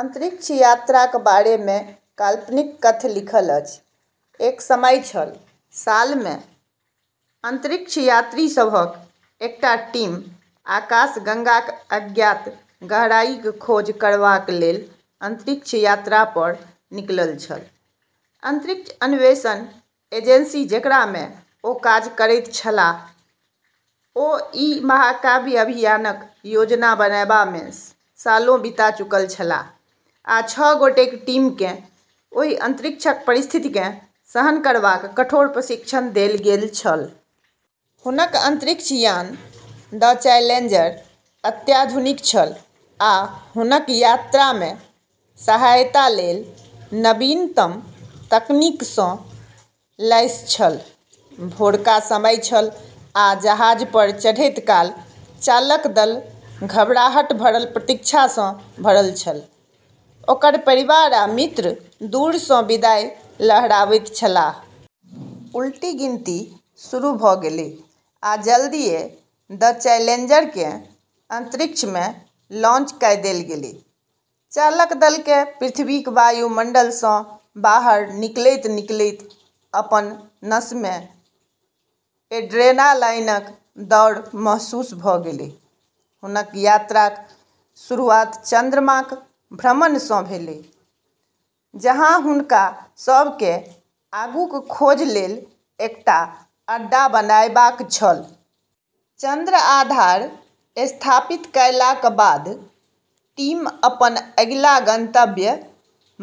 अंतरिक्ष यात्राक बारेमे काल्पनिक कथ्य लिखल अछि। एक समय छल, सालमे अंतरिक्ष यात्रीसभक एकटा टीम आकाशगंगाक अज्ञात गहराईक खोज करबाकलेल अंतरिक्ष यात्रापर निकलल छल। अंतरिक्ष अन्वेषण एजेंसी जेकरामे ओ काज करैत छलाह, ओ ई महाकाव्य अभियानक योजना बनएबामे सालों बिता चुकल छलाह आ छह गोटेक टीमकेँ ओहि अंतरिक्षक परिस्थितिकेँ सहन करबाक कठोर प्रशिक्षण देल गेल छल। हुनक अंतरिक्ष यान 'द चैलेंजर' अत्याधुनिक छल आ हुनक यात्रामे सहायतालेल नवीनतम तकनीकसँ लैस छल। भोरका समय छल आ जहाजपर चढ़ैत काल चालक दल घबराहट भरल प्रतीक्षासँ भरल छल, ओकर परिवार आ मित्र दूरसँ विदाई लहराबैत छलाह। उलटी गिनती शुरू भऽ गेलै आ जल्दिये 'द चैलेंजर'केँ अंतरिक्षमे लॉन्च कइ देल गेलै, चालक दलकेँ पृथ्वीक वायुमंडलसँ बाहर निकलैत-निकलैत अपन नसमे एड्रेनालाईनक दौड़ महसूस भऽ गेलै। हुनक यात्राक शुरुआत चंद्रमाक भ्रमणसँ भेलै, जहाँ हुनका सभकेँ आगूक खोजलेल एकटा अड्डा बनाएबाक छल। चंद्र आधार स्थापित कएलाक बाद टीम अपन अगिला गंतव्य-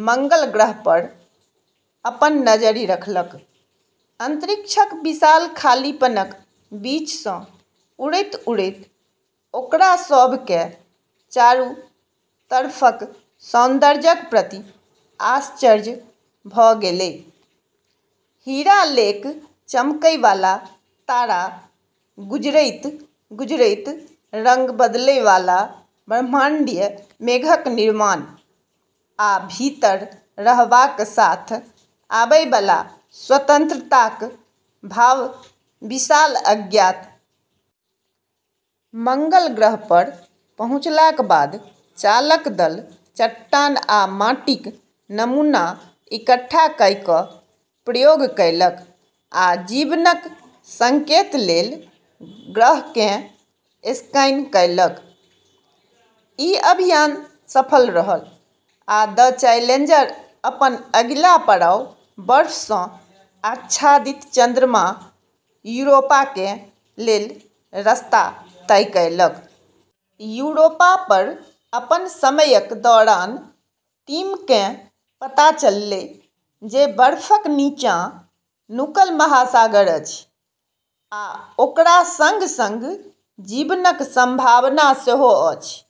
मंगल ग्रहपर अपन नजरि रखलक। अंतरिक्षक विशाल खालीपनक बीचसँ उड़ैत-उड़ैत ओकरा सभकेँ चारू तरफक सौन्दर्यक प्रति आश्चर्य भऽ गेलै- हीरा लेक चमकैबाला तारा, गुजरैत-गुजरैत रंग बदलैबाला ब्रह्मांडीय मेघक निर्माण, आ भीतर रहबाक साथ आबैबाला स्वतंत्रताक भाव विशाल अज्ञात। मंगल ग्रहपर पहुँचलाक बाद चालक दल चट्टान आ माटिक नमूना इकट्ठा कइ कऽ प्रयोग कएलक आ जीवनक संकेतलेल ग्रहकेँ स्कैन कएलक। ई अभियान सफल रहल आ 'द चैलेंजर' अपन अगिला पड़ाव- बर्फसँ आच्छादित चंद्रमा यूरोपाकेँ लेल रस्ता तय कएलक। यूरोपापर अपन समयक दौरान टीमकेँ पता चललै जे बर्फक नीचाँ नुकल महासागर अछि, आ ओकरा संग-संग जीवनक संभावना सेहो अछि।